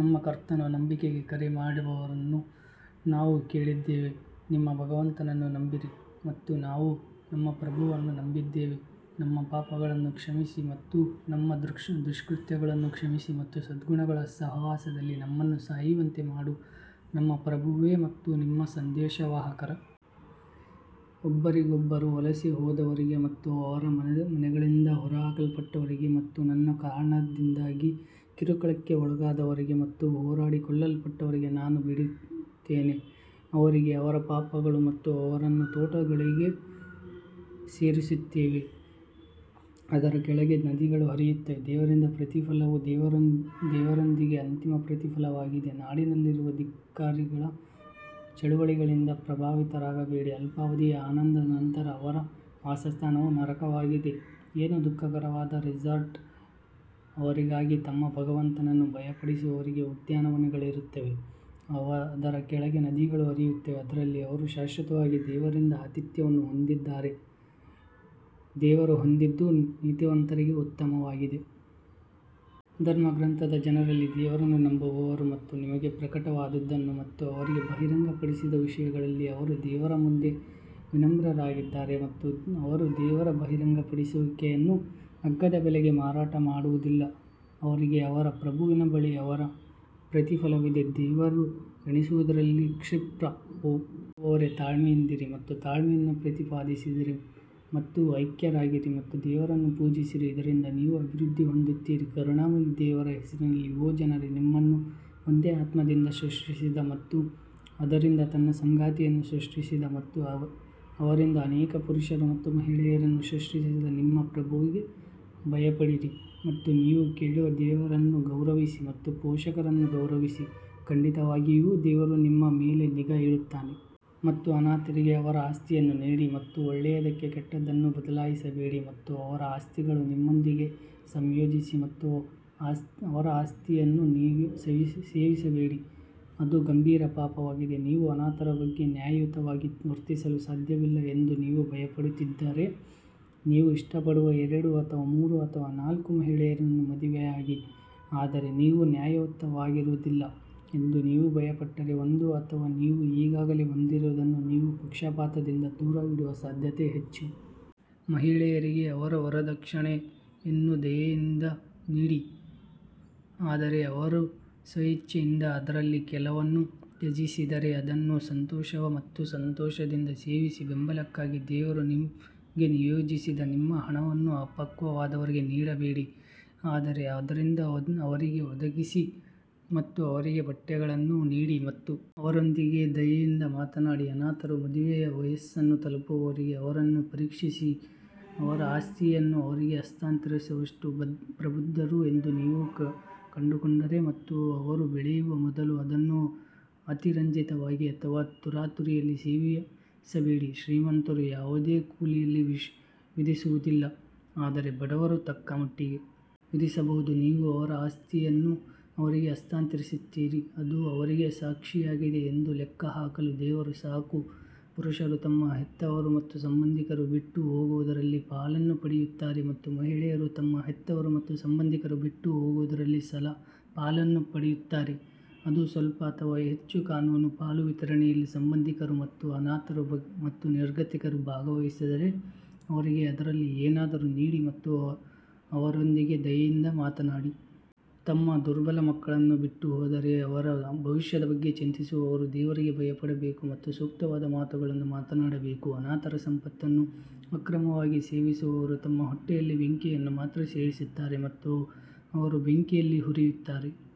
ನಮ್ಮ ಕರ್ತನು ನಂಬಿಕೆಗೆ ಕರೆ ಮಾಡುವವರನ್ನು ನಾವು ಕೇಳಿದ್ದೇವೆ ನಿಮ್ಮ ಭಗವಂತನನ್ನು ನಂಬಿರಿ ಮತ್ತು ನಾವು ನಮ್ಮ ಪ್ರಭುವನ್ನು ನಂಬಿದ್ದೇವೆ ನಮ್ಮ ಪಾಪಗಳನ್ನು ಕ್ಷಮಿಸಿ ಮತ್ತು ನಮ್ಮ ದುಷ್ಕೃತ್ಯಗಳನ್ನು ಕ್ಷಮಿಸಿ ಮತ್ತು ಸದ್ಗುಣಗಳ ಸಹವಾಸದಲ್ಲಿ ನಮ್ಮನ್ನು ಸಾಯುವಂತೆ ಮಾಡು ನಮ್ಮ ಪ್ರಭುವೇ ಮತ್ತು ನಿಮ್ಮ ಸಂದೇಶವಾಹಕರ ಒಬ್ಬರಿಗೊಬ್ಬರು ವಲಸೆ ಹೋದವರಿಗೆ ಮತ್ತು ಅವರ ಮನೆಗಳಿಂದ ಹೊರಹಾಕಲ್ಪಟ್ಟವರಿಗೆ ಮತ್ತು ನನ್ನ ಕಾರಣದಿಂದಾಗಿ ಕಿರುಕುಳಕ್ಕೆ ಒಳಗಾದವರಿಗೆ ಮತ್ತು ಹೋರಾಡಿ ಕೊಲ್ಲಲ್ಪಟ್ಟವರಿಗೆ ನಾನು ಬಿಡುತ್ತೇನೆ ಅವರಿಗೆ ಅವರ ಪಾಪಗಳು ಮತ್ತು ಅವರನ್ನು ತೋಟಗಳಿಗೆ ಸೇರಿಸುತ್ತವೆ, ಅದರ ಕೆಳಗೆ ನದಿಗಳು ಹರಿಯುತ್ತವೆ, ದೇವರಿಂದ ಪ್ರತಿಫಲವು ದೇವರೊಂದಿಗೆ ಅಂತಿಮ ಪ್ರತಿಫಲವಾಗಿದೆ ನಾಡಿನಲ್ಲಿರುವ ಧಿಕ್ಕಾರಿಗಳ ಚಳುವಳಿಗಳಿಂದ ಪ್ರಭಾವಿತರಾಗಬೇಡಿ ಅಲ್ಪಾವಧಿಯ ಆನಂದದ ನಂತರ ಅವರ ವಾಸಸ್ಥಾನವು ನರಕವಾಗಿದೆ ಏನು ದುಃಖಕರವಾದ ರೆಸಾರ್ಟ್ ಅವರಿಗಾಗಿ ತಮ್ಮ ಭಗವಂತನನ್ನು ಭಯಪಡುವವರಿಗೆ ಉದ್ಯಾನವನಗಳಿರುತ್ತವೆ, ಅದರ ಕೆಳಗೆ ನದಿಗಳು ಹರಿಯುತ್ತವೆ, ಅದರಲ್ಲಿ ಅವರು ಶಾಶ್ವತವಾಗಿ ದೇವರಿಂದ ಆತಿಥ್ಯವನ್ನು ಹೊಂದಿರುತ್ತಾರೆ, ದೇವರು ಹೊಂದಿದ್ದು ನೀತಿವಂತರಿಗೆ ಉತ್ತಮವಾಗಿದೆ. ಧರ್ಮಗ್ರಂಥದ ಜನರಲ್ಲಿ ದೇವರನ್ನು ನಂಬುವವರು ಮತ್ತು ನಿಮಗೆ ಪ್ರಕಟವಾದದ್ದನ್ನು ಮತ್ತು ಅವರಿಗೆ ಬಹಿರಂಗಪಡಿಸಿದ ವಿಷಯಗಳಲ್ಲಿ ಅವರು ದೇವರ ಮುಂದೆ ವಿನಮ್ರರಾಗಿದ್ದಾರೆ ಮತ್ತು ಅವರು ದೇವರ ಬಹಿರಂಗಪಡಿಸುವಿಕೆಯನ್ನು ಅಗ್ಗದ ಬೆಲೆಗೆ ಮಾರಾಟ ಮಾಡುವುದಿಲ್ಲ ಅವರಿಗೆ ಅವರ ಪ್ರಭುವಿನ ಬಳಿ ಅವರ ಪ್ರತಿಫಲವಿದೆ. ದೇವರು ಎಣಿಸುವುದರಲ್ಲಿ ಕ್ಷಿಪ್ರ ಓ ನಂಬುವವರೇ ತಾಳ್ಮೆಯಿಂದಿರಿ ಮತ್ತು ತಾಳ್ಮೆಯನ್ನು ಪ್ರತಿಪಾದಿಸಿರಿ ಮತ್ತು ಐಕ್ಯರಾಗಿರಿ ಮತ್ತು ದೇವರನ್ನು ಪೂಜಿಸಿರಿ ಇದರಿಂದ ನೀವು ಅಭಿವೃದ್ಧಿ ಹೊಂದುತ್ತೀರಿ ಕರುಣಾಮಯಿ ದೇವರ ಹೆಸರಿನಲ್ಲಿ ಓ ಜನರೇ ನಿಮ್ಮನ್ನು ಒಂದೇ ಆತ್ಮದಿಂದ ಸೃಷ್ಟಿಸಿದ ಮತ್ತು ಅದರಿಂದ ತನ್ನ ಸಂಗಾತಿಯನ್ನು ಸೃಷ್ಟಿಸಿದ ಮತ್ತು ಅವರಿಂದ ಅನೇಕ ಪುರುಷರು ಮತ್ತು ಮಹಿಳೆಯರನ್ನು ಸೃಷ್ಟಿಸಿದ ನಿಮ್ಮ ಪ್ರಭುವಿಗೆ ಭಯಪಡಿರಿ ಮತ್ತು ನೀವು ಕೇಳುವ ದೇವರನ್ನು ಗೌರವಿಸಿ ಮತ್ತು ಪೋಷಕರನ್ನು ಗೌರವಿಸಿ, ಖಂಡಿತವಾಗಿಯೂ ದೇವರು ನಿಮ್ಮ ಮೇಲೆ ನಿಗಾ ಇಡುತ್ತಾನೆ. ಮತ್ತು ಅನಾಥರಿಗೆ ಅವರ ಆಸ್ತಿಯನ್ನು ನೀಡಿ ಮತ್ತು ಒಳ್ಳೆಯದಕ್ಕೆ ಕೆಟ್ಟದ್ದನ್ನು ಬದಲಾಯಿಸಬೇಡಿ ಮತ್ತು ಅವರ ಆಸ್ತಿಗಳನ್ನು ನಿಮ್ಮೊಂದಿಗೆ ಸಂಯೋಜಿಸಿ ಅವರ ಆಸ್ತಿಯನ್ನು ಸೇವಿಸಬೇಡಿ ಅದು ಗಂಭೀರ ಪಾಪವಾಗಿದೆ ನೀವು ಅನಾಥರ ಬಗ್ಗೆ ನ್ಯಾಯಯುತವಾಗಿ ವರ್ತಿಸಲು ಸಾಧ್ಯವಿಲ್ಲ ಎಂದು ನೀವು ಭಯಪಡುತ್ತಿದ್ದರೆ, ನೀವು ಇಷ್ಟಪಡುವ ಎರಡು ಅಥವಾ ಮೂರು ಅಥವಾ ನಾಲ್ಕು ಮಹಿಳೆಯರನ್ನು ಮದುವೆಯಾಗಿ ಆದರೆ ನೀವು ನ್ಯಾಯಯುತವಾಗಿರುವುದಿಲ್ಲ ಎಂದು ನೀವು ಭಯಪಟ್ಟರೆ, ಒಂದು ಅಥವಾ ನೀವು ಈಗಾಗಲೇ ಹೊಂದಿರುವುದನ್ನು ನೀವು ಪಕ್ಷಪಾತದಿಂದ ದೂರವಿಡುವ ಸಾಧ್ಯತೆ ಹೆಚ್ಚು. ಮಹಿಳೆಯರಿಗೆ ಅವರ ವರದಕ್ಷಿಣೆಯನ್ನು ದಯೆಯಿಂದ ನೀಡಿ ಆದರೆ ಅವರು ಸ್ವಇಚ್ಛೆಯಿಂದ ಅದರಲ್ಲಿ ಕೆಲವನ್ನು ತ್ಯಜಿಸಿದರೆ ಅದನ್ನು ಸಂತೋಷ ಮತ್ತು ಸಂತೋಷದಿಂದ ಸೇವಿಸಿ ಬೆಂಬಲಕ್ಕಾಗಿ ದೇವರು ನಿಮಗೆ ನಿಯೋಜಿಸಿದ ನಿಮ್ಮ ಹಣವನ್ನು ಅಪಕ್ವವಾದವರಿಗೆ ನೀಡಬೇಡಿ ಆದರೆ ಅದರಿಂದ ಅವರಿಗೆ ಒದಗಿಸಿ ಮತ್ತು ಅವರಿಗೆ ಬಟ್ಟೆಗಳನ್ನು ನೀಡಿ ಮತ್ತು ಅವರೊಂದಿಗೆ ದಯೆಯಿಂದ ಮಾತನಾಡಿ ಅನಾಥರು ಮದುವೆಯ ವಯಸ್ಸನ್ನು ತಲುಪುವವರೆಗೆ ಅವರನ್ನು ಪರೀಕ್ಷಿಸಿ ಅವರ ಆಸ್ತಿಯನ್ನು ಅವರಿಗೆ ಹಸ್ತಾಂತರಿಸುವಷ್ಟು ಪ್ರಬುದ್ಧರು ಎಂದು ನೀವು ಕಂಡುಕೊಂಡರೆ ಮತ್ತು ಅವರು ಬೆಳೆಯುವ ಮೊದಲು ಅದನ್ನು ಅತಿರಂಜಿತವಾಗಿ ಅಥವಾ ತರಾತುರಿಯಲ್ಲಿ ಸೇವಿಸಬೇಡಿ ಶ್ರೀಮಂತರು ಯಾವುದೇ ಕೂಲಿಯನ್ನು ವಿಧಿಸುವುದಿಲ್ಲ ಆದರೆ ಬಡವರು ತಕ್ಕಮಟ್ಟಿಗೆ ವಿಧಿಸಬಹುದು ನೀವು ಅವರ ಆಸ್ತಿಯನ್ನು ಅವರಿಗೆ ಹಸ್ತಾಂತರಿಸುತ್ತೀರಿ, ಅದು ಅವರಿಗೆ ಸಾಕ್ಷಿಯಾಗಿದೆ ಎಂದು ಲೆಕ್ಕ ಹಾಕಲು ದೇವರು ಸಾಕು ಪುರುಷರು ತಮ್ಮ ಹೆತ್ತವರು ಮತ್ತು ಸಂಬಂಧಿಕರು ಬಿಟ್ಟು ಹೋಗುವುದರಲ್ಲಿ ಪಾಲನ್ನು ಪಡೆಯುತ್ತಾರೆ ಮತ್ತು ಮಹಿಳೆಯರು ತಮ್ಮ ಹೆತ್ತವರು ಮತ್ತು ಸಂಬಂಧಿಕರು ಬಿಟ್ಟು ಹೋಗುವುದರಲ್ಲಿ ಪಾಲನ್ನು ಪಡೆಯುತ್ತಾರೆ ಅದು ಸ್ವಲ್ಪ ಅಥವಾ ಹೆಚ್ಚು ಕಾನೂನು ಪಾಲು ವಿತರಣೆಯಲ್ಲಿ ಸಂಬಂಧಿಕರು ಮತ್ತು ಅನಾಥರು ಮತ್ತು ನಿರ್ಗತಿಕರು ಭಾಗವಹಿಸಿದರೆ ಅವರಿಗೆ ಅದರಲ್ಲಿ ಏನಾದರೂ ನೀಡಿ ಮತ್ತು ಅವರೊಂದಿಗೆ ದಯೆಯಿಂದ ಮಾತನಾಡಿ. ತಮ್ಮ ದುರ್ಬಲ ಮಕ್ಕಳನ್ನು ಬಿಟ್ಟುಹೋದರೆ ಅವರ ಭವಿಷ್ಯದ ಬಗ್ಗೆ ಚಿಂತಿಸುವವರು ದೇವರಿಗೆ ಭಯಪಡಬೇಕು ಮತ್ತು ಸೂಕ್ತವಾದ ಮಾತುಗಳನ್ನು ಮಾತನಾಡಬೇಕು ಅನಾಥರ ಸಂಪತ್ತನ್ನು ಅಕ್ರಮವಾಗಿ ಸೇವಿಸುವವರು ತಮ್ಮ ಹೊಟ್ಟೆಯಲ್ಲಿ ಬೆಂಕಿಯನ್ನು ಮಾತ್ರ ಸೇವಿಸುತ್ತಾರೆ ಮತ್ತು ಅವರು ಬೆಂಕಿಯಲ್ಲಿ ಹುರಿಯುತ್ತಾರೆ.